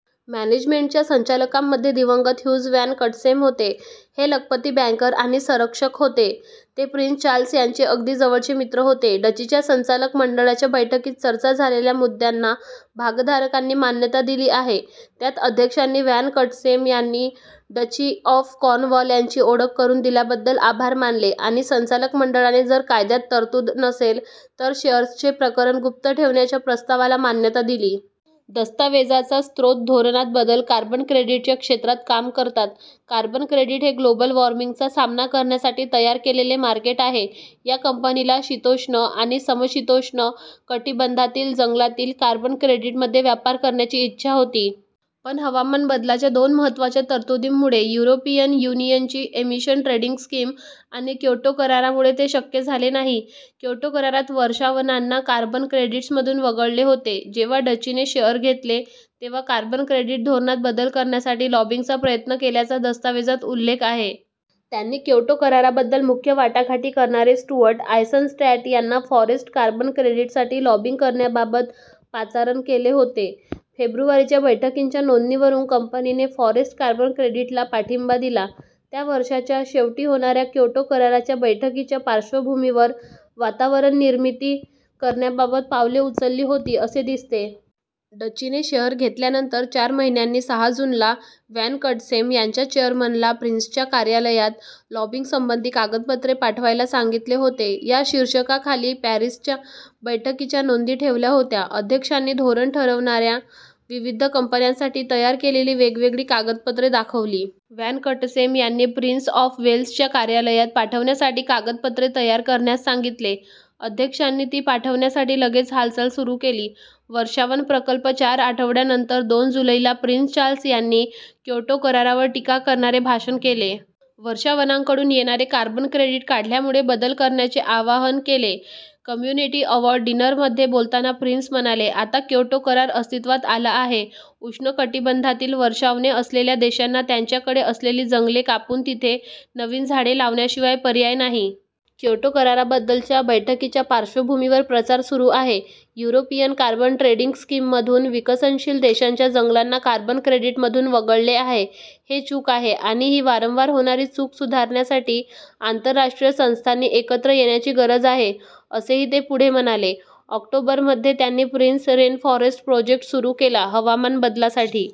​'मॅनेजमेंट'च्या संचालकांमध्ये दिवंगत huge van कटसेम होते. हे लखपती बँकर आणि संरक्षक होते. ते प्रिन्स चार्ल्स यांचे अगदी जवळचे मित्र होते. डचीच्या संचालक मंडळाच्या बैठकीत चर्चा झालेल्या मुद्द्यांना भागधारकांनी मान्यता दिली आहे. त्यात "अध्यक्षांनी वॅन कटसेम यांनी डची ऑफ कॉर्नवॉल यांची ओळख करून दिल्याबद्दल आभार मानले आणि संचालक मंडळाने जर कायद्यात तरतूद नसेल तर शेअर्सचे प्रकरण गुप्त ठेवण्याच्या प्रस्तावाला मान्यता दिली". दस्तावेजाचा स्रोत धोरणात बदल कार्बन क्रेडिटच्या क्षेत्रात काम करतात. कार्बन क्रेडिट हे ग्लोबल वॉर्मिंगचा सामना करण्यासाठी तयार केलेले मार्केट आहे. या कंपनीला शीतोष्ण आणि समशीतोष्ण कटिबंधातील जंगलातील कार्बन क्रेडिटमध्ये व्यापार करण्याची इच्छा होती. पण हवामान बदलाच्या दोन महत्त्वाच्या तरतुदींमुळे, युरोपियन युनियनची एमिशन ट्रेडिंग स्कीम आणि क्योटो करारामुळे ते शक्य झाले नाही. क्योटो करारात वर्षावनांना कार्बन क्रेडिट्समधून वगळले होते. जेव्हा डचीने शेअर घेतले तेव्हा कार्बन क्रेडिट धोरणात बदल करण्यासाठी लॉबिंगचा प्रयत्न केल्याचा दस्तावेजात उल्लेख आहे. त्यांनी क्योटो कराराबद्दल मुख्य वाटाघाटी करणारे स्टुअर्ट आयसनस्टॅट यांना फॉरेस्ट कार्बन क्रेडिटसाठी लॉबिंग करण्याबाबत पाचारण केले होते. फेब्रुवारीच्या बैठकींच्या नोंदींवरून कंपनीने फॉरेस्ट कार्बन क्रेडिटला पाठिंबा दिला. त्या वर्षाच्या शेवटी होणाऱ्या क्योटो कराराच्या बैठकीच्या पार्श्वभूमीवर वातावरणनिर्मिती करण्याबाबत पावले उचलली होती, असे दिसते. डचीने शेअर घेतल्यानंतर चार महिन्यांनी सहा जूनला वॅन कटसेम यांच्या चेअरमनला प्रिन्सच्या कार्यालयात लॉबिंगसंबंधी कागदपत्रे पाठवायला सांगितले होते. या शीर्षकाखाली पॅरिसच्या बैठकीच्या नोंदी ठेवल्या होत्या. अध्यक्षांनी धोरण ठरवणाऱ्या विविध कंपन्यांसाठी तयार केलेली वेगवेगळी कागदपत्रे दाखवली. वॅन कटसेम यांनी प्रिन्स ऑफ वेल्सच्या कार्यालयात पाठवण्यासाठी कागदपत्रे तयार करण्यास सांगितले. अध्यक्षांनी ती पाठवण्यासाठी लगेच हालचाल सुरू केली. वर्षावन प्रकल्प चार आठवड्यांनंतर दोन जुलैला प्रिन्स चार्ल्स यांनी क्योटो करारावर टीका करणारे भाषण केले. वर्षावनांकडून येणारे कार्बन क्रेडिट काढल्यामुळे बदल करण्याचे आवाहन केले. कम्युनिटी अवॉर्ड डिनरमध्ये बोलताना प्रिन्स म्हणाले, "आता क्योटो करार अस्तित्वात आला आहे, उष्ण कटिबंधातील वर्षावने असलेल्या देशांना त्यांच्याकडे असलेली जंगले कापून तिथे नवीन झाडे लावण्याशिवाय पर्याय नाही." क्योटो कराराबद्दलच्या बैठकीच्या पार्श्वभूमीवर प्रचार सुरू आहे. "युरोपियन कार्बन ट्रेडिंग स्कीममधून विकसनशील देशांच्या जंगलांना कार्बन क्रेडिटमधून वगळले आहे. हे चूक आहे आणि ही वारंवार होणारी चूक सुधारण्यासाठी आंतरराष्ट्रीय संस्थांनी एकत्र येण्याची गरज आहे," असेही ते पुढे म्हणाले. ऑक्टोबरमध्ये त्यांनी प्रिन्स रेनफॉरेस्ट प्रोजेक्ट सुरू केला. हवामान बदलासाठी